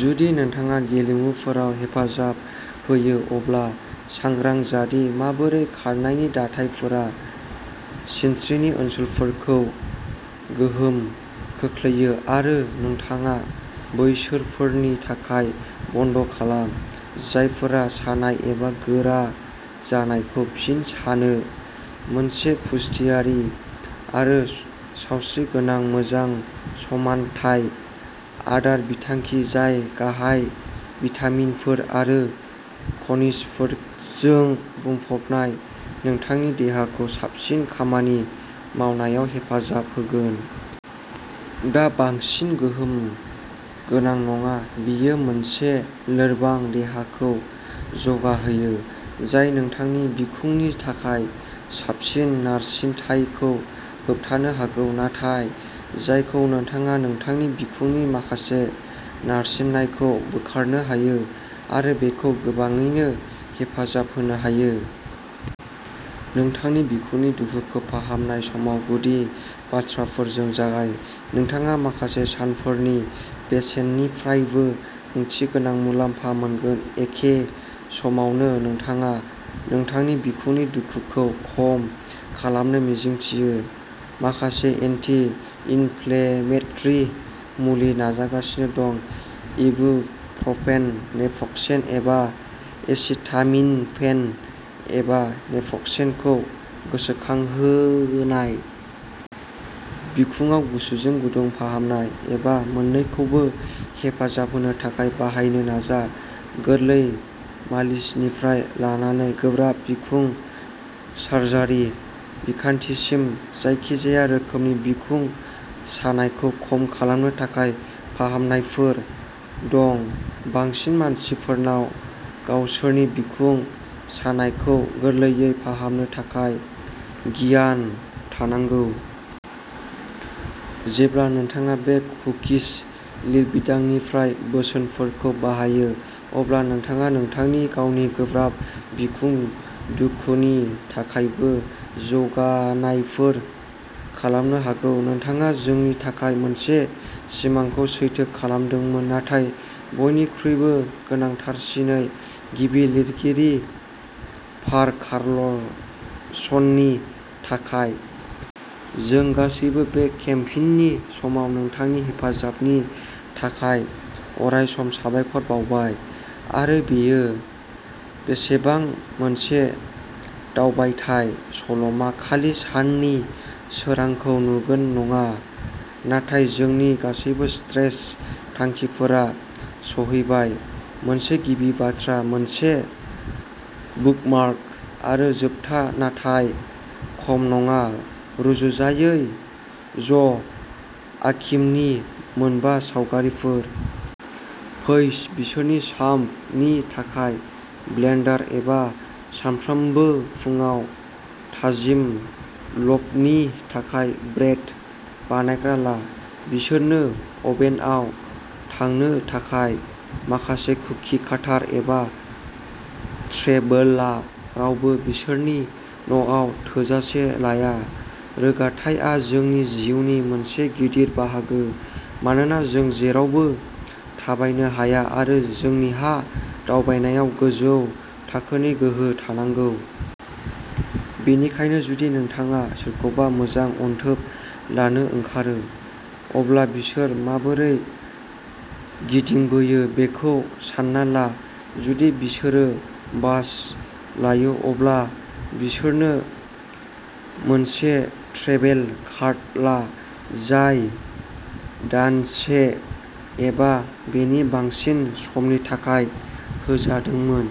जुदि नोंथाङा गेलेमुफोराव हेफाजाब होयो, अब्ला सांग्रां जा दि माबोरै खारनायनि दाथायफोरा सिनस्रिनि ओनसोलफोरखौ गोहोम खोख्लैयो, आरो नोंथाङा बैसोरफोरनि थाखाय बन्द'खालाम जायफोरा सानाय एबा गोरा जानायखौ फिन सानो। मोनसे पुष्टियारि आरो सावस्रिगोनां मोजां-समानथाय आदार बिथांखि जाय गाहाय भिटामिनफोर आरो खनिजफोरजों बुंफबनाय, नोंथांनि देहाखौ साबसिन खामानि मावनायाव हेफाजाब होगोन। दा बांसिन गोहोम गोनां नङा, बेयो मोनसे लोरबां देहाखौ जौगाहोयो जाय नोंथांनि बिखुंनि थाखाय साबसिन नारसिनथायखौ होबथानो हागौ, नाथाय जायखौ नोंथाङा नोंथांनि बिखुंनि माखासे नारसिननायखौ बोखारनो हायो आरो बेखौ गोबाङैनो हेफाजाब होनो हायो। नोंथांनि बिखुंनि दुखुखौ फाहामनाय समाव गुदि बाथ्राफोरजों जागाय। नोंथाङा माखासे सानफोरनि बेसेननिफ्रायबो ओंथिगोनां मुलाम्फा मोनगोन। एखे समावनो नोंथाङा नोंथांनि बिखुंनि दुखुखौ खम खालामनो मिजिंथियो, माखासे एन्टि-इनफ्लेमेटरि मुलि नाजागासिनो दं, इबुप्रफेन, नेप्र'क्सेन एबा एसिटामिन'फेन, एबा नेप्र'क्सेनखौ गोसोखांहोनाय। बिखुङाव गुसुजों गुदुं फाहामनाय एबा मोन्नैखौबो हेफाजाब होनो थाखाय बाहायनो नाजा। गोरलै मालिसनिफ्राय लानानै गोब्राब बिखुं सार्जारि बिखान्थिसिम, जायखिजाया रोखोमनि बिखुं सानायखौ खम खालामनो थाखाय फाहामनायफोर दं। बांसिन मानसिफोरनाव गावसोरनि बिखुं सानायखौ गोरलैयै फाहामनो थाखाय गियान थानांगौ। जेब्ला नोंथाङा बे कुकिज लिरबिदांनिफ्राय बोसोनफोरखौ बाहायो, अब्ला नोंथाङा नोंथांनि गावनि गोब्राब बिखुं दुखुनि थाखायबो जौगानायफोर खालामनो हागौ। नोंथाङा जोंनि थाखाय मोनसे सिमांखौ सैथो खालामदोंमोन, नाथाय बयनिख्रुइबो गोनांथारसिनै गिबि लिरगिरि पार कार्लसननि थाखाय। जों गासैबो बे केम्पेइननि समाव नोंथांनि हेफाजाबनि थाखाय अरायसम साबायखर बावबाय। आरो बेयो बेसेबां मोनसे दावबायथाय! सल'मा खालि साननि सोरांखौ नुगोन नङा, नाथाय जोंनि गासैबो स्ट्रेच थांखिफोरा सौहैबायः मोनसे गिबि बाथ्रा, मोनसे बुकमार्क आरो जोबथा नाथाय खम नङा, रुजुजायै ज'आकिमनि मोनबा सावगारिफोर। पैच, बिसोरनो सामपनि थाखाय ब्लेन्डार एबा सानफ्रोमबो फुंआव थाजिम ल'फनि थाखाय ब्रेड बानायग्रा ला। बिसोरनो अभेनआव थांनो थाखाय माखासे कुकि काटार एबा ट्रेबो ला; रावबो बिसोरनि न'आव थोजासे लाया! रोगाथाइआ जोंनि जिउनि मोनसे गिदिर बाहागो, मानोना जों जेरावबो थाबायनो हाया आरो जोंनिहा दावबायनायाव गोजौ थाखोनि गोहो थानांगौ। बेनिखायनो जुदि नोंथाङा सोरखौबा मोजां अनथोब लानो ओंखारो, अब्ला बिसोर माबोरै गिदिंबोयो बेखौ सानना ला। जुदि बिसोरो बास लायो, अब्ला बिसोरनो मोनसे ट्रेभेल कार्ड ला जाय दानसे एबा बेनि बांसिन समनि थाखाय होजादोंमोन।